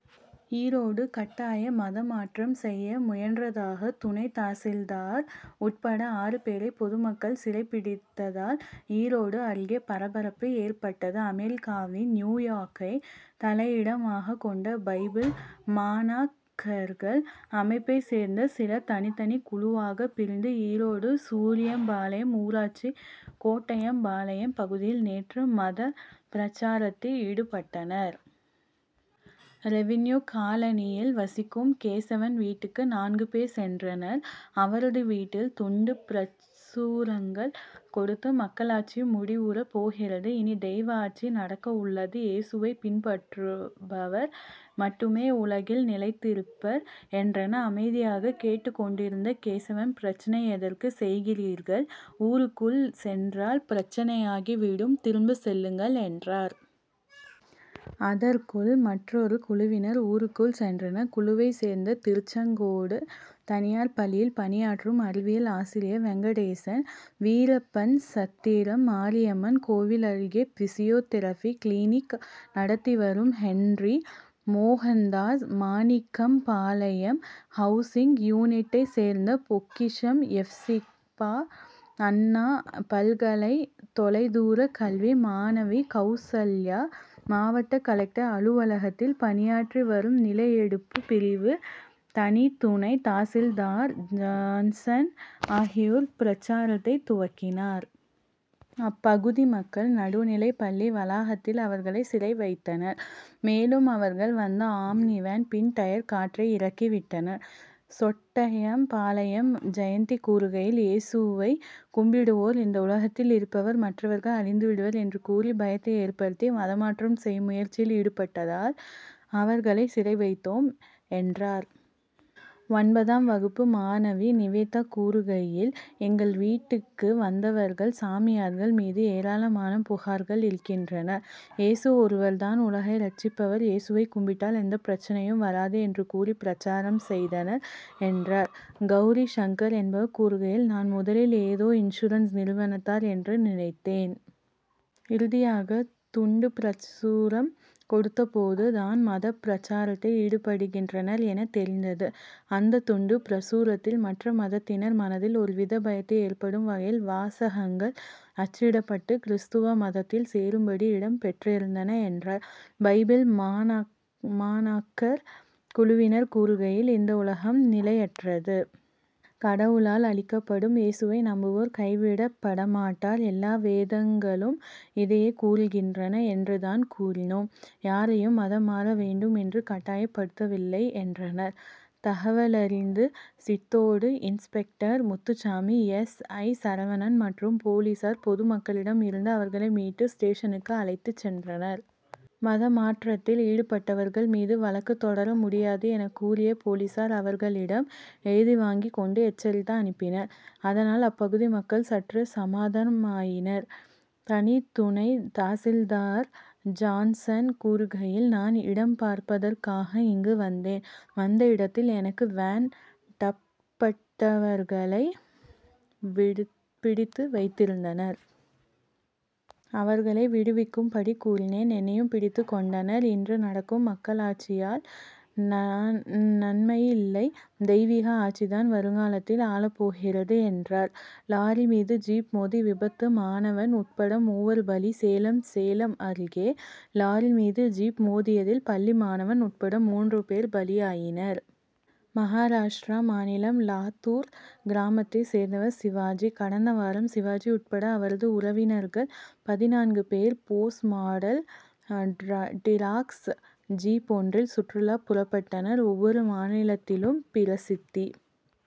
ஈரோடு கட்டாய மதமாற்றம் செய்ய முயன்றதாக துணை தாசில்தார் உட்பட ஆறு பேரை பொதுமக்கள் சிறை பிடித்த தால் ஈரோடு அருகே பரபரப்பு ஏற்பட்டது. அமெரிக்காவின் நியூயார்க்கை தலைமையிடமாகக் கொண்ட பைபிள் மாணாக்கர்கள் அமைப்பைச் சேர்ந்த சிலர் தனித்தனி குழுவாகப் பிரிந்து ஈரோடு சூரியம்பாளையம் ஊராட்சி சொட்டையம் பாளையம் பகுதியில் நேற்று மதப் பிரசாரத்தில் ஈடுபட்டனர். ரெவின்யூ காலனியில் வசிக்கும் கேசவன் வீட்டுக்கு நான்கு பேர் சென்றனர். அவரது வீட்டில் துண்டு பிரசுரங்கள் கொடுத்து மக்களாட்சி முடிவுறப் போகிறது இனி தெய்வ ஆட்சி நடக்க உள்ளது. ஏசுவை பின்பற்றுபவர் மட்டுமே உலகில் நிலைத்திருப்பர் என்றனர். அமைதியாக கேட்டுக் கொண்டிருந்த கேசவன் பிரச்னை எதற்கு செய்கிறீர்கள் ஊருக்குள் சென்றால் பிரச்னையாகி விடும் திரும்பச் செல்லுங்கள் என்றார். அதற்குள் மற்றொரு குழுவினர் ஊருக்குள் சென்றனர். குழுவைச் சேர்ந்த திருச்செங்கோடு தனியார் பள்ளியில் பணியாற்றும் அறிவியல் ஆசிரியர் வெங்கடேசன் வீரப்பன்சத்திரம் மாரியம்மன் கோவில் அருகே பிசியோதெரபி கிளினிக் நடத்தி வரும் ஹென்றி மோகன்தாஸ் மாணிக்கம்பாளையம் ஹவுசிங் யூனிட்டைச் சேர்ந்த பொக்கிஷம் யெப்சிபா அண்ணா பல்கலை தொலைதூரக் கல்வி மாணவி கவுசல்யா மாவட்ட கலெக்டர் அலுவலகத்தில் பணியாற்றி வரும் நிலஎடுப்புப் பிரிவு தனி துணை தாசில்தார் ஜான்சன் ஆகியோர் பிர சாரத்தை துவக்கினர். அப்பகுதி மக்கள் நடுநிலைப்பள்ளி வளாகத்தில் அவர்களை சிறை வைத்தனர். மேலும் அவர்கள் வந்த ஆம்னி வேன் பின் டயர் காற்றை இறக்கிவிட்டனர். சொட்டையம் பாளையம் ஜெயந்தி கூறுகையில் ஏசுவை கும்பிடுவோர் இந்த உலகத்தில் இருப்பர் மற்றவர்கள் அழிந்து விடுவர் என்று கூறி பயத்தை ஏற்படுத்தி மதமாற்றம் செய்யும் முயற்சியில் ஈடுபட்டதால் அவர்களை சிறை வைத்தோம் என்றார். ஒன்பதாம் வகுப்பு மாணவி நிவேதா கூறுகையில் எங்கள் வீட்டுக்கு வந்தவர்கள் சாமியார்கள் மீது ஏராளமான புகார்கள் இருக்கின்றன. ஏசு ஒருவர் தான் உலகை ரட்சிப்பவர் ஏசுவை கும்பிட்டால் எந்த பிரச்னையும் வராது என்று கூறி பிரசாரம் செய்தனர் என்றார். கவுரி சங்கர் என்பவர் கூறுகையில் நான் முதலில் ஏதோ இன்சூரன்ஸ் நிறுவனத்தார் என்று நினைத்தேன். இறுதியாக துண்டு பிரசுரம் கொடுத்த போது தான் மதப் பிரசாரத்தில் ஈடுபடுகின்றனர் எனத் தெரிந்தது. அந்த துண்டு பிரசுரத்தில் மற்ற மதத்தினர் மனதில் ஒருவித பயத்தை ஏற்படுத்தும் வகையில் வாசகங்கள் அச்சிடப்பட்டு கிறிஸ்துவ மதத்தில் சேரும் படி இடம் பெற்றிருந்தன என்றார். பைபிள் மாணாக்கர் குழுவினர் கூறுகையில் இந்த உலகம் நிலையற்றது. கடவுளால் அழிக்கப்படும். ஏசுவை நம்புவோர் கைவிடப்படமாட்டார். எல்லா வேதங்களும் இதையே கூறுகின்றன என்று தான் கூறினோம். யாரையும் மதம் மாற வேண்டும் என்று கட்டாயப் படுத்தவில்லை என்றனர். தகவலறிந்த Chithode inspector Muthusamy S. I. Saravanan மற்றும் போலீசார் பொதுமக்களிடம் இருந்து அவர்களை மீட்டு ஸ்டேஷனுக்கு அழைத்துச் சென்றனர். மதமாற்றத்தில் ஈடுபட்டவர்கள் மீது வழக்கு தொடர முடியாது எனக் கூறிய போலீசார் அவர் களிடம் எழுதி வாங்கிக் கொண்டு எச்சரித்து அனுப்பினர். அதனால் அப்பகுதி மக்கள் சற்று சமாதானமாயினர். தனி துணை தாசில்தார் ஜான்சன் கூறுகையில் நான் இடம் பார்ப்பதற்காக இங்கு வந்தேன். வந்த இடத்தில் எனக்கு வேண் டப்பட்டவர்களை பிடித்து வைத்திருந்தனர். அவர்களை விடுவிக்கும்படி கூறினேன். என்னையும் பிடித்துக் கொண்ட னர். இன்று நடக்கும் மக்களாட்சியால் நன்மையில்லை தெய்வீக ஆட்சி தான் வருங்காலத்தில் ஆளப்போகிறது என்றார். லாரி மீது ஜீப் மோதி விபத்து மாணவன் உட்பட மூவர் பலி சேலம் சேலம் அருகே. லாரி மீது ஜீப் மோதியதில் பள்ளி மாணவன் உட்பட மூன்று பேர் பலியாயினர். மகாராஷ்டிரா மாநிலம் லாத்தூர் கிராமத்தை சேர்ந்தவர் சிவாஜி. கடந்த வாரம் சிவாஜி உட்பட அவரது உறவினர்கள் பதினான்கு பேர் போர்ஸ் மாடல் டிராக்ஸ் ஜீப் ஒன்றில் சுற்றுலா புறப்பட்டனர். ஒவ்வொரு மாநிலத்திலும் பிரசித்தி